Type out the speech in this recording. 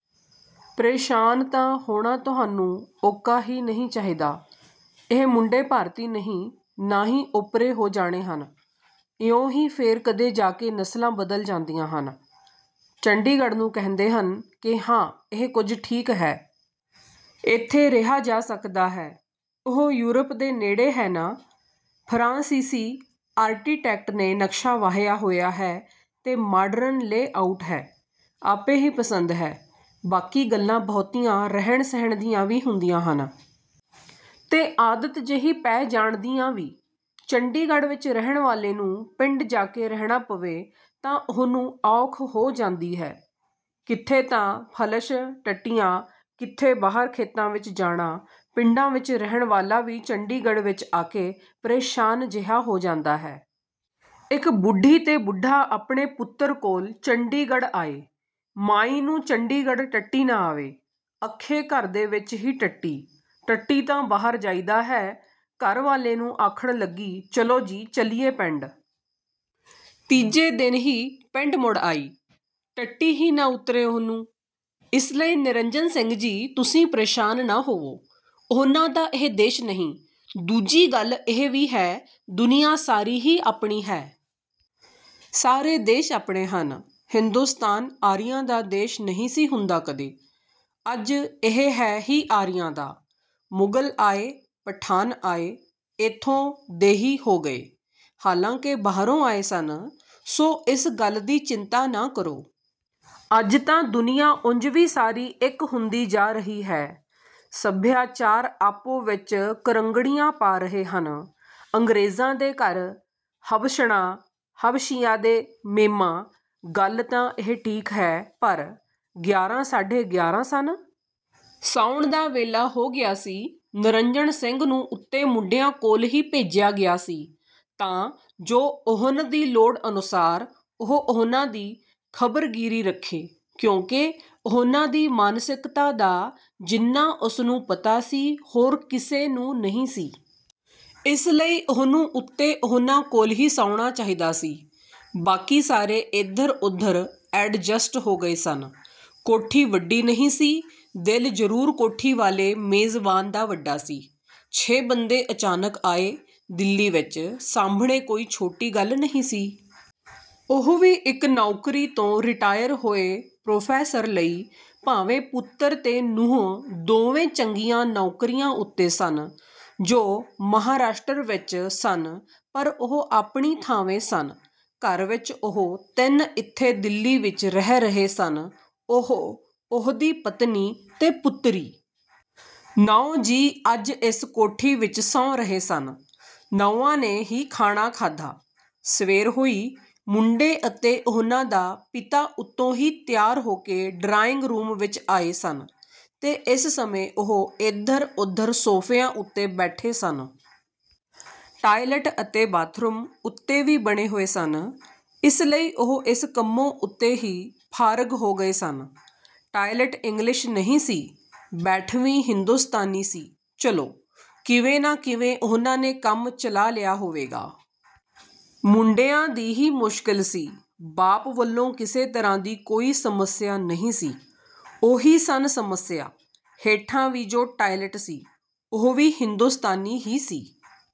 ਪ੍ਰੇਸ਼ਾਨ ਤਾਂ ਹੋਣਾ ਤੁਹਾਨੂੰ ਉਕਾ ਹੀ ਨਹੀਂ ਚਾਹੀਦਾ। ਇਹ ਮੁੰਡੇ ਭਾਰਤੀ ਨਹੀਂ, ਨਾ ਹੀ ਓਪਰੇ ਹੋ ਜਾਣੇ ਹਨ। ਇਉਂ ਹੀ ਫੇਰ ਕਦੇ ਜਾ ਕੇ ਨਸਲਾਂ ਬਦਲ ਜਾਂਦੀਆਂ ਹਨ। " "ਚੰਡੀਗੜ੍ਹ ਨੂੰ ਕਹਿੰਦੇ ਹਨ ਕਿ ਹਾਂ ਇਹ ਕੁਝ ਠੀਕ ਹੈ। ਏਥੇ ਰਿਹਾ ਜਾ ਸਕਦਾ ਹੈ। " "ਉਹ ਯੂਰਪ ਦੇ ਨੇੜੇ ਹੈ ਨਾ। ਫ਼ਰਾਂਸੀਸੀ ਆਰਕੀਟੈਕਟ ਨੇ ਨਕਸ਼ਾ ਵਾਹਿਆ ਹੋਇਆ ਹੈ ਤੇ ਮਾਡਰਨ ਲੇਅ ਆਊਟ ਹੈ। ਆਪੇ ਹੀ ਪਸੰਦ ਹੈ। ਬਾਕੀ ਗੱਲਾਂ ਬਹੁਤੀਆਂ ਰਹਿਣ-ਸਹਿਣ ਦੀਆਂ ਵੀ ਹੁੰਦੀਆਂ ਹਨ। ਤੇ ਆਦਤ ਜਿਹੀ ਪੈ ਜਾਣ ਦੀਆਂ ਵੀ। ਚੰਡੀਗੜ੍ਹ ਵਿਚ ਰਹਿਣ ਵਾਲੇ ਨੂੰ ਪਿੰਡ ਜਾ ਕੇ ਰਹਿਣਾ ਪਵੇ ਤਾਂ ਉਹਨੂੰ ਔਖ ਹੋ ਜਾਂਦੀ ਹੈ। ਕਿਥੇ ਤਾਂ ਫਲਸ਼ ਟੱਟੀਆਂ, ਕਿਥੇ ਬਾਹਰ ਖੇਤਾਂ ਵਿਚ ਜਾਣਾ। ਪਿੰਡਾਂ ਵਿਚ ਰਹਿਣ ਵਾਲਾ ਵੀ ਚੰਡੀਗੜ੍ਹ ਵਿਚ ਆ ਕੇ ਪ੍ਰੇਸ਼ਾਨ ਜਿਹਾ ਹੋ ਜਾਂਦਾ ਹੈ। ਇਕ ਬੁੱਢੀ ਤੇ ਬੁੱਢਾ ਆਪਣੇ ਪੁੱਤਰ ਕੋਲ ਚੰਡੀਗੜ੍ਹ ਆਏ। ਮਾਈ ਨੂੰ ਚੰਡੀਗੜ੍ਹ ਟੱਟੀ ਨਾ ਆਵੇ। ਅਖੇ ਘਰ ਦੇ ਵਿਚ ਹੀ ਟੱਟੀ? ਟੱਟੀ ਤਾਂ ਬਾਹਰ ਜਾਈਦਾ ਹੈ। ਘਰ ਵਾਲੇ ਨੂੰ ਆਖਣ ਲੱਗੀ, "ਚੱਲੋ ਜੀ, ਚੱਲੀਏ ਪਿੰਡ। " ਤੀਜੇ ਦਿਨ ਹੀ ਪਿੰਡ ਮੁੜ ਆਈ। ਟੱਟੀ ਹੀ ਨਾ ਉਤਰੇ ਉਹਨੂੰ। ਇਸ ਲਈ ਨਿਰੰਜਨ ਸਿੰਘ ਜੀ, ਤੁਸੀਂ ਪ੍ਰੇਸ਼ਾਨ ਨਾ ਹੋਵੋ। ਉਹਨਾਂ ਦਾ ਇਹ ਦੇਸ਼ ਨਹੀਂ। ਦੂਜੀ ਗੱਲ ਇਹ ਵੀ ਹੈ, ਦੁਨੀਆਂ ਸਾਰੀ ਹੀ ਆਪਣੀ ਹੈ। ਸਾਰੇ ਦੇਸ਼ ਆਪਣੇ ਹਨ। ਹਿੰਦੁਸਤਾਨ ਆਰੀਆਂ ਦਾ ਦੇਸ਼ ਨਹੀਂ ਸੀ ਹੁੰਦਾ ਕਦੇ, ਅੱਜ ਇਹ ਹੈ ਹੀ ਆਰੀਆਂ ਦਾ। ਮੁਗਲ ਆਏ, ਪਠਾਨ ਆਏ, ਏਥੋਂ ਦੇ ਹੀ ਹੋ ਗਏ। ਹਾਲਾਂਕਿ ਬਾਹਰੋਂ ਆਏ ਸਨ। ਸੋ ਇਸ ਗੱਲ ਦੀ ਚਿੰਤਾ ਨਾ ਕਰੋ। ਅੱਜ ਤਾਂ ਦੁਨੀਆਂ ਉਂਝ ਵੀ ਸਾਰੀ ਇਕ ਹੁੰਦੀ ਜਾ ਰਹੀ ਹੈ। ਸੱਭਿਆਚਾਰ ਆਪੋ ਵਿਚ ਕਰੰਗੜੀਆਂ ਪਾ ਰਹੇ ਹਨ। ਅੰਗਰੇਜ਼ਾਂ ਦੇ ਘਰ ਹਬਸ਼ਣਾਂ, ਹਬਸ਼ੀਆਂ ਦੇ ਮੇਮਾਂ। " "ਗੱਲ ਤਾਂ ਇਹ ਠੀਕ ਹੈ, ਪਰ…. " ਗਿਆਰਾਂ ਸਾਢੇ ਗਿਆਰ੍ਹਾਂ ਸਨ। ਸੌਣ ਦਾ ਵੇਲਾ ਹੋ ਗਿਆ ਸੀ। ਨਿਰੰਜਣ ਸਿੰਘ ਨੂੰ ਉਤੇ ਮੁੰਡਿਆਂ ਕੋਲ ਹੀ ਭੇਜਿਆ ਗਿਆ ਸੀ ਤਾਂ ਜੋ ਉਹਨ ਦੀ ਲੋੜ ਅਨੁਸਾਰ ਉਹ ਉਹਨਾਂ ਦੀ ਖਬਰਗੀਰੀ ਰੱਖੇ ਕਿਉਂਕਿ ਉਹਨਾਂ ਦੀ ਮਾਨਸਿਕਤਾ ਦਾ ਜਿੰਨਾ ਉਸ ਨੂੰ ਪਤਾ ਸੀ, ਹੋਰ ਕਿਸੇ ਨੂੰ ਨਹੀਂ ਸੀ। ਇਸ ਲਈ ਉਹਨੂੰ ਉਤੇ ਉਹਨਾਂ ਕੋਲ ਹੀ ਸੌਣਾ ਚਾਹੀਦਾ ਸੀ। ਬਾਕੀ ਸਾਰੇ ਏਧਰ-ਉਧਰ ਐਡਜਸਟ ਹੋ ਗਏ ਸਨ। ਕੋਠੀ ਵੱਡੀ ਨਹੀਂ ਸੀ, ਦਿਲ ਜਰੂਰ ਕੋਠੀ ਵਾਲੇ ਮੇਜ਼ਬਾਨ ਦਾ ਵੱਡਾ ਸੀ। ਛੇ ਬੰਦੇ ਅਚਾਨਕ ਆਏ ਦਿੱਲੀ ਵਿਚ ਸਾਂਭਣੇ ਕੋਈ ਛੋਟੀ ਗੱਲ ਨਹੀਂ ਸੀ। ਉਹ ਵੀ ਇਕ ਨੌਕਰੀ ਤੋਂ ਰਿਟਾਇਰ ਹੋਏ ਪ੍ਰੋਫੈਸਰ ਲਈ। ਭਾਵੇਂ ਪੁੱਤਰ ਤੇ ਨੂੰਹ ਦੋਵੇਂ ਚੰਗੀਆਂ ਨੌਕਰੀਆਂ ਉਤੇ ਸਨ ਜੋ ਮਹਾਂਰਾਸ਼ਟਰ ਵਿਚ ਸਨ ਪਰ ਉਹ ਆਪਣੀ ਥਾਵੇਂ ਸਨ। ਘਰ ਵਿਚ ਉਹ ਤਿੰਨ ਇੱਥੇ ਦਿੱਲੀ ਵਿਚ ਰਹਿ ਰਹੇ ਸਨ, ਉਹ, ਉਹਦੀ ਪਤਨੀ, ਤੇ ਪੁੱਤਰੀ। ਨੌਂ ਜੀਅ ਅੱਜ ਇਸ ਕੋਠੀ ਵਿਚ ਸੌਂ ਰਹੇ ਸਨ। ਨੌਆਂ ਨੇ ਹੀ ਖਾਣਾ ਖਾਧਾ। ਸਵੇਰ ਹੋਈ। ਮੁੰਡੇ ਅਤੇ ਉਹਨਾਂ ਦਾ ਪਿਤਾ ਉਤੋਂ ਹੀ ਤਿਆਰ ਹੋ ਕੇ ਡਰਾਇੰਗ ਰੂਮ ਵਿਚ ਆਏ ਸਨ ਤੇ ਇਸ ਸਮੇਂ ਉਹ ਏਧਰ-ਉਧਰ ਸੋਫ਼ਿਆਂ ਉਤੇ ਬੈਠੇ ਸਨ। ਟਾਇਲਟ ਅਤੇ ਬਾਥਰੂਮ ਉਤੇ ਵੀ ਬਣੇ ਹੋਏ ਸਨ। ਇਸ ਲਈ ਉਹ ਇਸ ਕੰਮੋਂ ਉਤੇ ਹੀ ਫ਼ਾਰਿਗ ਹੋ ਗਏ ਸਨ। ਟਾਇਲਟ ਇੰਗਲਿਸ਼ ਨਹੀਂ ਸੀ, ਬੈਠਵੀਂ ਹਿੰਦੂਸਤਾਨੀ ਸੀ। ਚਲੋ, ਕਿਵੇਂ ਨਾ ਕਿਵੇਂ ਉਹਨਾਂ ਨੇ ਕੰਮ ਚਲਾ ਲਿਆ ਹੋਵੇਗਾ। ਮੁੰਡਿਆਂ ਦੀ ਹੀ ਮੁਸ਼ਕਿਲ ਸੀ। ਬਾਪ ਵਲੋਂ ਕਿਸੇ ਤਰ੍ਹਾਂ ਦੀ ਕੋਈ ਸਮੱਸਿਆ ਨਹੀਂ ਸੀ। ਉਹੀ ਸਨ ਸਮੱਸਿਆ। ਹੇਠਾਂ ਵੀ ਜੋ ਟਾਇਲਟ ਸੀ, ਉਹ ਵੀ ਹਿੰਦੂਸਤਾਨੀ ਹੀ ਸੀ।